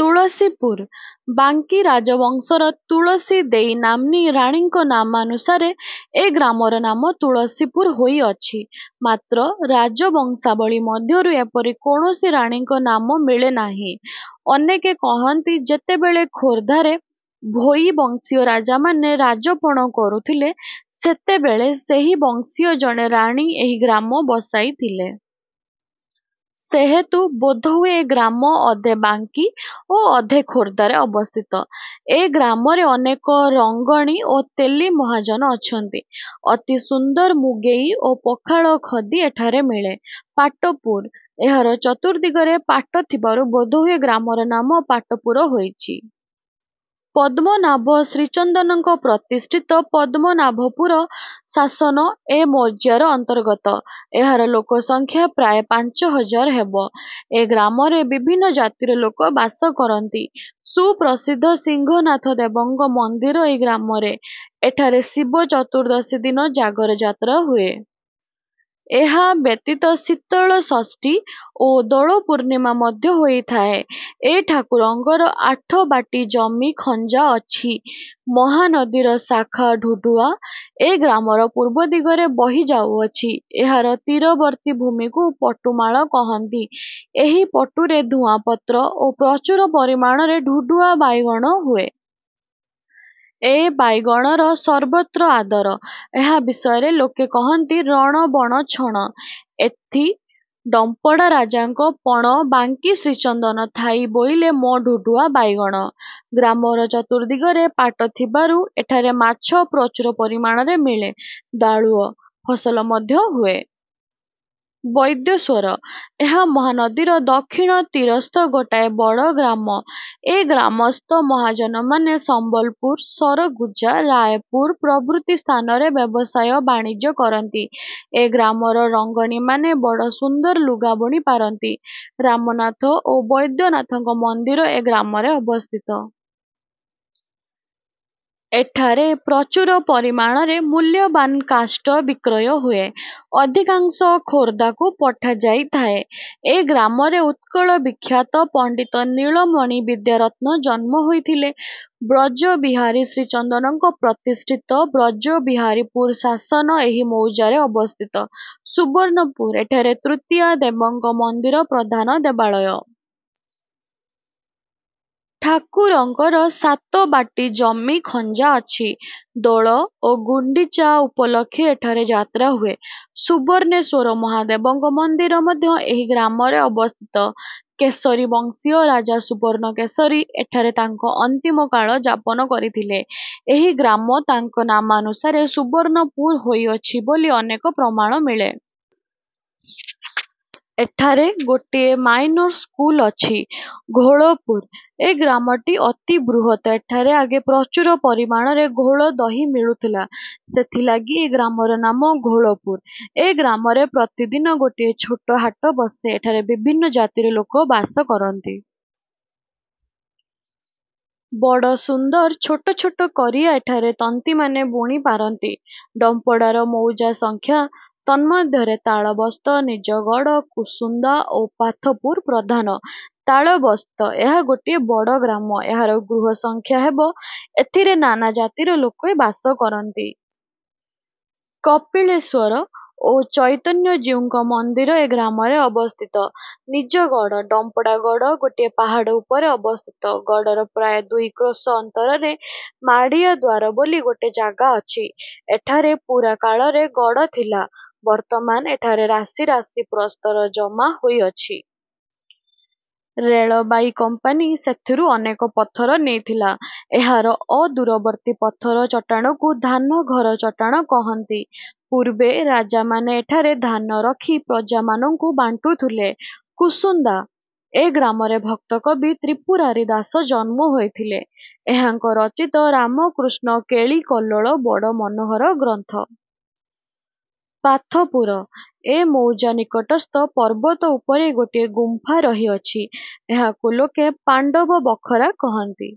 ତୁଳସୀପୁର- ବାଙ୍କୀ ରାଜବଂଶର ତୁଳସୀ ଦେଈ ନାମ୍ନୀ ରାଣୀଙ୍କ ନାମାନୁସାରେ ଏ ଗ୍ରାମର ନାମ ତୁଳସୀପୁର ହୋଇଅଛି। ମାତ୍ର ରାଜବଂଶାବଳୀ ମଧ୍ୟରୁ ଏପରି କୌଣସି ରାଣୀଙ୍କ ନାମ ମିଳେ ନାହିଁ। ଅନେକେ କହନ୍ତି, ଯେତେବେଳେ ଖୋରଧାରେ ଭୋଇ ବଂଶୀୟ ରାଜାମାନେ ରାଜପଣ କରୁଥିଲେ, ସେତେବେଳେ ସେହି ବଂଶୀୟ ଜଣେ ରାଣୀ ଏହି ଗ୍ରାମ ବସାଇଥିଲେ। ସେହେତୁ ବୋଧହୁଏ ଏ ଗ୍ରାମ ଅଧେ ବାଙ୍କୀ ଓ ଅଧେ ଖୋର୍ଦ୍ଧାରେ ଅବସ୍ଥିତ। ଏ ଗ୍ରାମରେ ଅନେକ ରଙ୍ଗଣୀ ଓ ତେଲୀ ମହାଜନ ଅଛନ୍ତି। ଅତି ସୁନ୍ଦର ମୁଗେଇ ଓ ପଖାଳ ଖଦୀ ଏଠାରେ ମିଳେ। ପାଟପୁର- ଏହାର ଚତୁର୍ଦ୍ଦିଗରେ ପାଟ ଥିବାରୁ ବୋଧହୁଏ ଗ୍ରାମର ନାମ ପାଟପୁର ହୋଇଅଛି। ପଦ୍ମନାଭ ଶ୍ରୀଚନ୍ଦନଙ୍କ ପ୍ରତିଷ୍ଠିତ ପଦ୍ମନାଭପୁର ଶାସନ ଏ ମୌଜାର ଅନ୍ତର୍ଗତ। ଏହାର ଲୋକସଂଖ୍ୟା ପ୍ରାୟ ପାଞ୍ଚ ହଜାର ହେବ। ଏ ଗ୍ରାମରେ ବିଭିନ୍ନ ଜାତିର ଲୋକ ବାସ କରନ୍ତି। ସୁପ୍ରସିଦ୍ଧ ସିଂହନାଥଦେବଙ୍କ ମନ୍ଦିର ଏଇ ଗ୍ରାମରେ। ଏଠାରେ ଶିବ ଚତୁର୍ଦ୍ଦଶୀ ଦିନ ଜାଗର ଯାତ୍ରା ହୁଏ। ଏହା ବ୍ୟତୀତ ଶୀତଳ ଷଷ୍ଠୀ ଓ ଦୋଳ ପୂର୍ଣ୍ଣିମା ମଧ୍ୟ ହୋଇଥାଏ। ଏ ଠାକୁରଙ୍କର ଆଠ ବାଟୀ ଜମି ଖଞ୍ଜା ଅଛି। ମହାନଦୀର ଶାଖା ଢୁଢ଼ୁଆ ଏ ଗ୍ରାମର ପୂର୍ବ ଦିଗରେ ବହି ଯାଉଅଛି। ଏହାର ତୀରବର୍ତ୍ତୀ ଭୂମିକୁ "ପଟୁମାଳ" କହନ୍ତି। ଏହି ପଟୁରେ ଧୂଆଁପତ୍ର ଓ ପ୍ରଚୁର ପରିମାଣରେ ଢୁଢ଼ୁଆ ବାଇଗଣ ହୁଏ। ଏ ବାଇଗଣର ସର୍ବତ୍ର ଆଦର। ଏହା ବିଷୟରେ ଲୋକେ କହନ୍ତି- "ରଣ ବଣ ଛଣ−ଏଥି ଡମ୍ପଡ଼ା ରାଜାଙ୍କ ପଣ ବାଙ୍କୀ ଶ୍ରୀଚନ୍ଦନ ଥାଇ ବୋଇଲେ ମୋ ଢୁଢ଼ୁଆ ବାଇଗଣ। '' ଗ୍ରାମର ଚତୁର୍ଦ୍ଦିଗରେ ପାଟ ଥିବାରୁ ଏଠାରେ ମାଛ ପ୍ରଚୁର ପରିମାଣରେ ମିଳେ। ଦାଳୁଅ। ଫସଲ ମଧ୍ୟ ହୁଏ। ବୈଦ୍ୟେଶ୍ଵର- ଏହା ମହାନଦୀର ଦକ୍ଷିଣ ତୀରସ୍ଥ ଗୋଟାଏ ବଡ଼ ଗ୍ରାମ। ଏ ଗ୍ରାମସ୍ଥ ମହାଜନମାନେ ସମ୍ବଲପୁର, ସରଗୁଜା, ରାୟପୁର ପ୍ରଭୃତି ସ୍ଥାନରେ ବ୍ୟବସାୟ ବାଣିଜ୍ୟ କରନ୍ତି। ଏ ଗ୍ରାମର ରଙ୍ଗଣିମାନେ ବଡ଼ ସୁନ୍ଦର ଲୁଗା ବୁଣି ପାରନ୍ତି। ରାମନାଥ ଓ ବୈଦ୍ୟନାଥଙ୍କ ମନ୍ଦିର ଏ ଗ୍ରାମରେ ଅବସ୍ଥିତ। ଏଠାରେ ପ୍ରଚୁର ପରିମାଣରେ ମୁଲ୍ୟବାନ କାଷ୍ଠ ବିକ୍ରୟ ହୁଏ। ଅଧିକାଂଶ ଖୋରଧାକୁ ପଠାଯାଇଥାଏ। ଏ ଗ୍ରାମରେ ଉତ୍କଳ-ବିଖ୍ୟାତ ପଣ୍ଡିତ ନୀଳମଣି ବିଦ୍ୟାରତ୍ନ ଜନ୍ମ ହୋଇଥିଲେ। ବ୍ରଜବିହାରୀ ଶ୍ରୀଚନ୍ଦନଙ୍କ ପ୍ରତିଷ୍ଠିତ ବ୍ରଜବିହାରୀପୁର ଶାସନ ଏହି ମୌଜାରେ ଅବସ୍ଥିତ। ସୁବର୍ଣ୍ଣପୁର- ଏଠାରେ ତୃତୀୟା ଦେବଙ୍କ ମନ୍ଦିର ପ୍ରଧାନ ଦେବାଳୟ। ଠାକୁରଙ୍କର ସାତବାଟୀ ଜମି ଖଞ୍ଜା ଅଛି। ଦୋଳ ଓ ଗୁଣ୍ଡିଚା ଉପଲକ୍ଷେ ଏଠାରେ ଯାତ୍ରା ହୁଏ। ସୁବର୍ଣ୍ଣେଶ୍ଵର ମହାଦେବଙ୍କ ମନ୍ଦିର ମଧ୍ୟ ଏଇ ଗ୍ରାମରେ ଅବସ୍ଥିତ। କେଶରୀ ବଂଶୀୟ ରାଜା ସୁବର୍ଣ୍ଣକେଶରୀ ଏଠାରେ ତାଙ୍କ ଅନ୍ତିମକାଳ ଯାପନ କରିଥିଲେ। ଏହି ଗ୍ରାମ ତାଙ୍କ ନାମାନୁସାରେ ସୁବର୍ଣ୍ଣପୁର ହୋଇଅଛି ବୋଲି ଅନେକ ପ୍ରମାଣ ମିଳେ। ଏଠାରେ ଗୋଟିଏ ମାଇନର ସ୍କୁଲ ଅଛି। ଘୋଳପୁର- ଏ ଗ୍ରାମଟି ଅତି ବୃହତ୍। ଏଠାରେ ଆଗେ ପ୍ରଚୁର ପରିମାଣରେ ଘୋଳ ଦହି ମିଳୁଥିଲା; ସେଥିଲାଗି ଏ ଗ୍ରାମର ନାମ ଘୋଳପୁର। ଏ ଗ୍ରାମରେ ପ୍ରତିଦିନ ଗୋଟିଏ ଛୋଟ ହାଟ ବସେ। ଏଠାରେ ବିଭିନ୍ନ ଜାତିର ଲୋକେ ବାସ କରନ୍ତି। ବଡ଼ ସୁନ୍ଦର ଛୋଟ ଛୋଟ କରିଆ ଏଠାର ତନ୍ତିମାନେ ବୁଣି ପାରନ୍ତି। ଡମ୍ପଡ଼ାର ମୌଜା ସଂଖ୍ୟା। ତନ୍ମଧ୍ୟରେ ତାଳବସ୍ତ, ନିଜଗଡ଼, କୁସୁନ୍ଦା ଓ ପାଥପୁର ପ୍ରଧାନ। ତାଳବସ୍ତ- ଏହା ଗୋଟିଏ ବଡ଼ ଗ୍ରାମ। ଏହାର ଗୃହସଂଖ୍ୟା ହେବ। ଏଥିରେ ନାନା ଜାତିର ଲୋକେ ବାସ କରନ୍ତି। କପିଳେଶ୍ଵର ଓ ଚୈତନ୍ୟଜୀଉଙ୍କ ମନ୍ଦିର ଏ ଗ୍ରାମରେ ଅବସ୍ଥିତ। ନିଜଗଡ଼- ଡମ୍ପଡ଼ା ଗଡ଼ ଗୋଟିଏ ପାହାଡ଼ ଉପରେ ଅବସ୍ଥିତ। ଗଡ଼ର ପ୍ରାୟ ଦୁଇ କ୍ରୋଶ ଅନ୍ତରରେ "ମାଡ଼ିଆ ଦ୍ଵାର'' ବୋଲି ଗୋଟିଏ ଜାଗା ଅଛି। ଏଠାରେ ପୁରାକାଳରେ ଗଡ଼ ଥିଲା। ବର୍ତ୍ତମାନ ଏଠାରେ ରାଶି ରାଶି ପ୍ରସ୍ତର ଜମା ହୋଇଅଛି। ରେଳବାଇ କମ୍ପାନୀ ସେଥିରୁ ଅନେକ ପଥର ନେଇଥିଲା। ଏହାର ଅଦୂରବର୍ତ୍ତୀ ପଥର ଚଟାଣକୁ "ଧାନଘର ଚଟାଣ" କହନ୍ତି। ପୂର୍ବେ ରାଜାମାନେ ଏଠାରେ ଧାନ ରଖି ପ୍ରଜାମାନଙ୍କୁ ବାଣ୍ଟୁଥିଲେ। କୁସୁନ୍ଦା- ଏ ଗ୍ରାମରେ ଭକ୍ତକବି ତ୍ରିପୁରାରି ଦାସ ଜନ୍ମ ହୋଇଥିଲେ। ଏହାଙ୍କ ରଚିତ "ରାମକୃଷ୍ଣ କେଳି−କଲ୍ଲୋଳ'' ବଡ଼ ମନୋହର ଗ୍ରନ୍ଥ। ପାଥପୁର- ଏ ମୌଜା ନିକଟସ୍ଥ ପର୍ବତ ଉପରେ ଗୋଟିଏ ଗୁମ୍ଫା ରହିଅଛି। ଏହାକୁ ଲୋକେ "ପାଣ୍ଡବ ବଖରା " କହନ୍ତି।